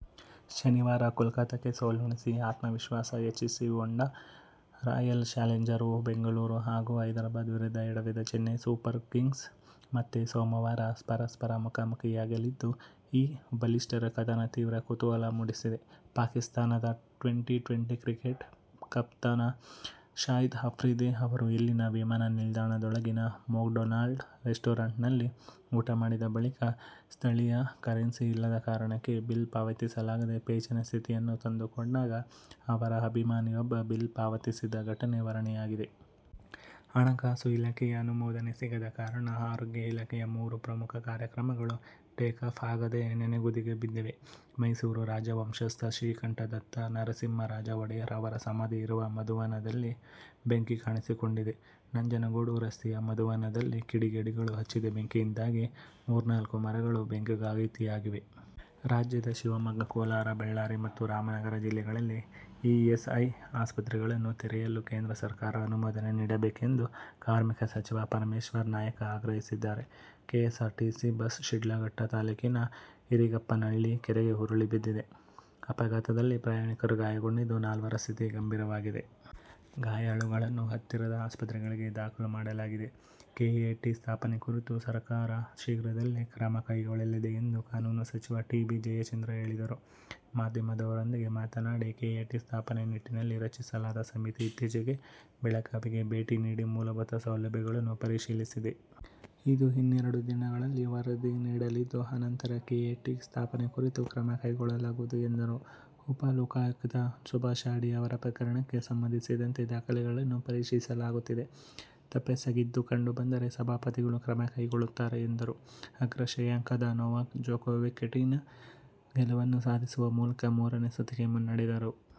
ಶನಿವಾರ ಕೋಲ್ಕತಾಕ್ಕೆ ಸೋಲುಣಿಸಿ ಆತ್ಮವಿಸ್ವಾಸ ಹೆಚ್ಚಿಸಿಒಕೊಂಡ ರಾಯಲ್ ಚಾಲೆಂಜರ್ ಬೆಂಗಳೂರು ಹಾಗೂ ಹೈದರಾಬಾದ್ ವಿರುದ್ಧ ಎಡವಿದ ಚೆನ್ನೈ ಸೂಪರ್ ಕಿಂಗ್ಸ್ ಮತ್ತೆ ಸೋಮವಾರ ಪರಸ್ಪರ ಮುಖಾಮುಖೀಯಾಗಲಿದ್ದು, ಈ ಬಲಿಷ್ಠರ ಕದನ ತೀವ್ರ ಕುತೂಹಲ ಮೂಡಿಸಿದೆ. ಪಾಕಿಸ್ಥಾನದ ಟ್ವೆಂಟಿ ಟ್ವೆಂಟಿ ಕ್ರಿಕೆಟ್ ಕಪ್ತಾನ ಶಾಹೀದ್ ಆಫ್ರಿದಿ ಅವರು ಇಲ್ಲಿನ ವಿಮಾನ ನಿಲ್ದಾಣದೊಳಗಿನ ಮೆಕ್ಡೊನಾಲ್ಡ್ ರೆಸ್ಟುರಾಂಟ್ನಲ್ಲಿ ಊಟ ಮಾಡಿದ ಬಳಿಕ ಸ್ಥಳೀಯ ಕರೆನ್ಸಿ ಇಲ್ಲದ ಕಾರಣಕ್ಕೆ ಬಿಲ್ ಪಾವತಿಸಲಾಗದೆ ಪೇಚಿನ ಸ್ಥಿತಿಯನ್ನು ತಂದುಕೊಂಡಾಗ ಅವರ ಅಭಿಮಾನಿಯೊಬ್ಬ ಬಿಲ್ ಪಾವತಿಸಿದ ಘಟನೆ ವರದಿಯಾಗಿದೆ. ಹಣಕಾಸು ಇಲಾಖೆಯ ಅನುಮೋದನೆ ಸಿಗದ ಕಾರಣ ಆರೋಗ್ಯ ಇಲಾಖೆಯ ಮೂರು ಪ್ರಮುಖ ಕಾರ್ಯಕ್ರಮಗಳು "ಟೇಕಾಫ್' ಆಗದೆ ನೆನೆಗುದಿಗೆ ಬಿದ್ದಿವೆ. ಮೈಸೂರು ರಾಜವಂಶಸ್ಥ ಶ್ರೀಕಂಠದತ್ತ ನರಸಿಂಹರಾಜ ಒಡೆಯರ್ ಅವರ ಸಮಾಧಿ ಇರುವ ಮಧುವನದಲ್ಲಿ ಬೆಂಕಿ ಕಾಣಿಸಿಕೊಂಡಿದೆ. ನಂಜನಗೂಡು ರಸ್ತೆಯ ಮಧುವನದಲ್ಲಿ ಕಿಡಿಗೇಡಿಗಳು ಹಚ್ಚಿದ ಬೆಂಕಿಯಿಂದಾಗಿ ಮೂರ್ನಾಲ್ಕು ಮರಗಳು ಬೆಂಕಿಗಾಹುತಿಯಾಗಿವೆ. ರಾಜ್ಯದ ಶಿವಮೊಗ್ಗ, ಕೋಲಾರ, ಬಳ್ಳಾರಿ ಮತ್ತು ರಾಮನಗರ ಜಿಲ್ಲೆಗಳಲ್ಲಿ ಇಎಸ್ಐ ಆಸ್ಪತ್ರೆಗಳನ್ನು ತೆರೆಯಲು ಕೇಂದ್ರ ಸರ್ಕಾರ ಅನುಮೋದನೆ ನೀಡಬೇಕೆಂದು ಕಾರ್ಮಿಕ ಸಚಿವ ಪರಮೇಶ್ವರ್ ನಾಯಕ ಆಗ್ರಹಿಸಿದ್ದಾರೆ. ಕೆಎಸ್ಆರ್ಟಿಸಿ ಬಸ್ ಶಿಡ್ಲಘಟ್ಟ ತಾಲೂಕಿನ ಇರಿಗಪ್ಪನಹಳ್ಳಿ ಕೆರೆಗೆ ಉರುಳಿ ಬಿದ್ದಿದೆ. ಅಪಘಾತದಲ್ಲಿ ಪ್ರಯಾಣಿಕರು ಗಾಯಗೊಂಡಿದ್ದು, ನಾಲ್ವರ ಸ್ಥಿತಿ ಗಂಭೀರವಾಗಿದೆ. ಗಾಯಾಳುಗಳನ್ನು ಹತ್ತಿರದ ಆಸ್ಪತ್ರೆಗಳಿಗೆ ದಾಖಲು ಮಾಡಲಾಗಿದೆ. ಕೆಎಟಿ ಸ್ಥಾಪನೆ ಕುರಿತು ಸರಕಾರ ಶೀಘ್ರದಲ್ಲೇ ಕ್ರಮ ಕೈಗೊಳ್ಳಲಿದೆ ಎಂದು ಕಾನೂನು ಸಚಿವ ಟಿ. ಬಿ. ಜಯಚಂದ್ರ ಹೇಳಿದರು. ಮಾಧ್ಯಮದವರೊಂದಿಗೆ ಮಾತನಾಡಿ, ಕೆಎಟಿ ಸ್ಥಾಪನೆ ನಿಟ್ಟಿನಲ್ಲಿ ರಚಿಸಲಾದ ಸಮಿತಿ ಇತ್ತೀಚೆಗೆ ಬೆಳಗಾವಿಗೆ ಭೇಟಿ ನೀಡಿ ಮೂಲಭೂತ ಸೌಲಭ್ಯಗಳನ್ನು ಪರಿಶೀಲಿಸಿದೆ. ಇದು ಇನ್ನೆರಡು ದಿನಗಳಲ್ಲಿ ವರದಿ ನೀಡಲಿದ್ದು, ಅನಂತರ ಕೆಎಟಿ ಸ್ಥಾಪನೆ ಕುರಿತು ಕ್ರಮ ಕೈಗೊಳ್ಳಲಾಗುವುದು ಎಂದರು. ಉಪ ಲೋಕಾಯುಕ್ತ ಸುಭಾಷ ಅಡಿ ಅವರ ಪ್ರಕರಣಕ್ಕೆ ಸಂಬಂಧಿಸಿದಂತೆ ದಾಖಲೆಗಳನ್ನು ಪರಿಶೀಲಿಸಲಾಗುತ್ತಿದೆ. ತಪ್ಪೆಸಗಿದ್ದು ಕಂಡು ಬಂದರೆ ಸಭಾಪತಿಗಳು ಕ್ರಮ ಕೈಗೊಳ್ಳುತ್ತಾರೆ ಎಂದರು. ಅಗ್ರ ಶ್ರೇಯಾಂಕದ ನೊವಾಕ್ ಜೊಕೋವಿಕ್ ಕಠಿನ ಗೆಲುವನ್ನು ಸಾಧಿಸುವ ಮೂಲಕ ಮೂರನೇ ಸುತ್ತಿಗೆ ಮುನ್ನಡೆದರು.